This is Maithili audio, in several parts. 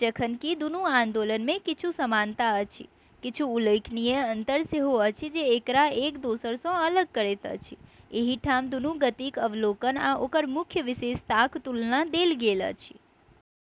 जखन कि दुनू आन्दोलन मे किछु समानता अछि, किछु उल्लेखनीय अंतर सेहो अछि जे एकरा एक दोसरा सँ अलग करैत अछि। एहि ठाम दुनू गतिक अवलोकन आ ओकर मुख्य विशेषताक तुलना देल गेल अछि।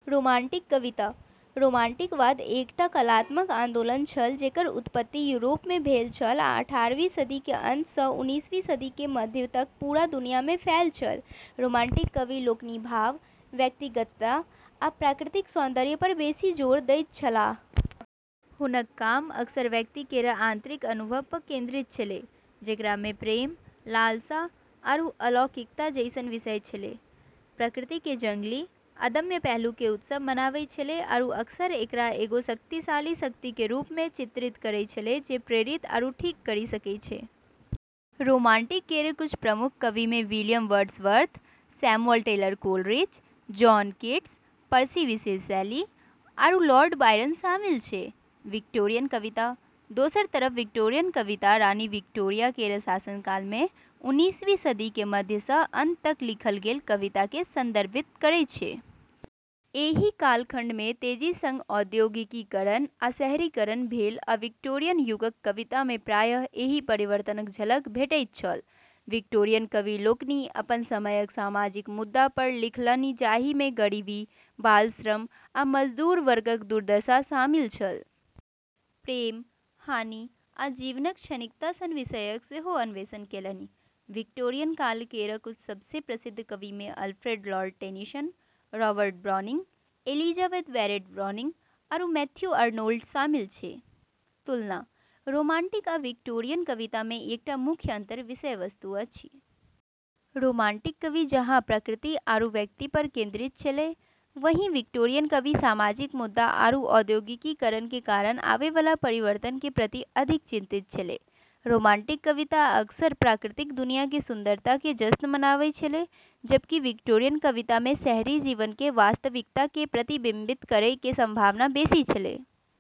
रोमांटिक कविता: रोमांटिकवाद एकटा कलात्मक आन्दोलन छल जेकर उत्पत्ति यूरोप मे भेल छल आ अठारहवीं सदी के अंत स उन्नीसवीं सदी के मध्य तक पूरा दुनिया में फैल छल। रोमांटिक कवि लोकनि भाव, व्यक्तिगतता, आ प्रकृतिक सौन्दर्य पर बेसी जोर दैत छलाह। हुनक काम अक्सर व्यक्ति केर आंतरिक अनुभव प केंद्रित छेलै, जेकरा मे प्रेम, लालसा, आरू अलौकिकता जैसन विषय छेलै। प्रकृति के जंगली, अदम्य पहलू के उत्सव मनाबै छेलै आरू अक्सर एकरा एगो शक्तिशाली शक्ति के रूप में चित्रित करै छेलै जे प्रेरित आरू ठीक करी सकै छै। रोमांटिक केर कुछ प्रमुख कविऽ मे William Wordsworth, Samuel Taylor Coleridge, John Keats, Percy Bysshe Shelley, आरू लॉर्ड बायरन शामिल छै। विक्टोरियन कविता: दोसर तरफ विक्टोरियन कविता रानी विक्टोरिया केर शासनकाल में, उन्नीसवीं सदी के मध्य स अंत तक लिखल गेल कविता के संदर्भित करै छै। एहि कालखंड मे तेजी सं औद्योगीकरण आ शहरीकरण भेल आ विक्टोरियन युगक कविता मे प्रायः एहि परिवर्तनक झलक भेटैत छल। विक्टोरियन कवि लोकनि अपन समयक सामाजिक मुद्दा पर लिखलनि जाहि मे गरीबी, बाल श्रम, आ मजदूर वर्गक दुर्दशा शामिल छल। प्रेम, हानि, आ जीवनक क्षणिकता सन विषयक सेहो अन्वेषण केलनि। विक्टोरियन काल केर कुछ सबसें प्रसिद्ध कविऽ मे Alfred Lord Tennyson, Robert Browning, Elizabeth Barrett Browning, आरू मैथ्यू अर्नोल्ड शामिल छै। तुलना: रोमांटिक आ विक्टोरियन कविता मे एकटा मुख्य अंतर विषय वस्तु अछि। रोमांटिक कवि जहाँ प्रकृति आरू व्यक्ति पर केंद्रित छेलै, वहीं विक्टोरियन कवि सामाजिक मुद्दा आरू औद्योगीकरण के कारण आबै वाला परिवर्तन के प्रति अधिक चिंतित छेलै। रोमांटिक कविता अक्सर प्राकृतिक दुनिया के सुंदरता के जश्न मनाबै छेलै, जबकि विक्टोरियन कविता में शहरी जीवन के वास्तविकता के प्रतिबिंबित करै के संभावना बेसी छेलै।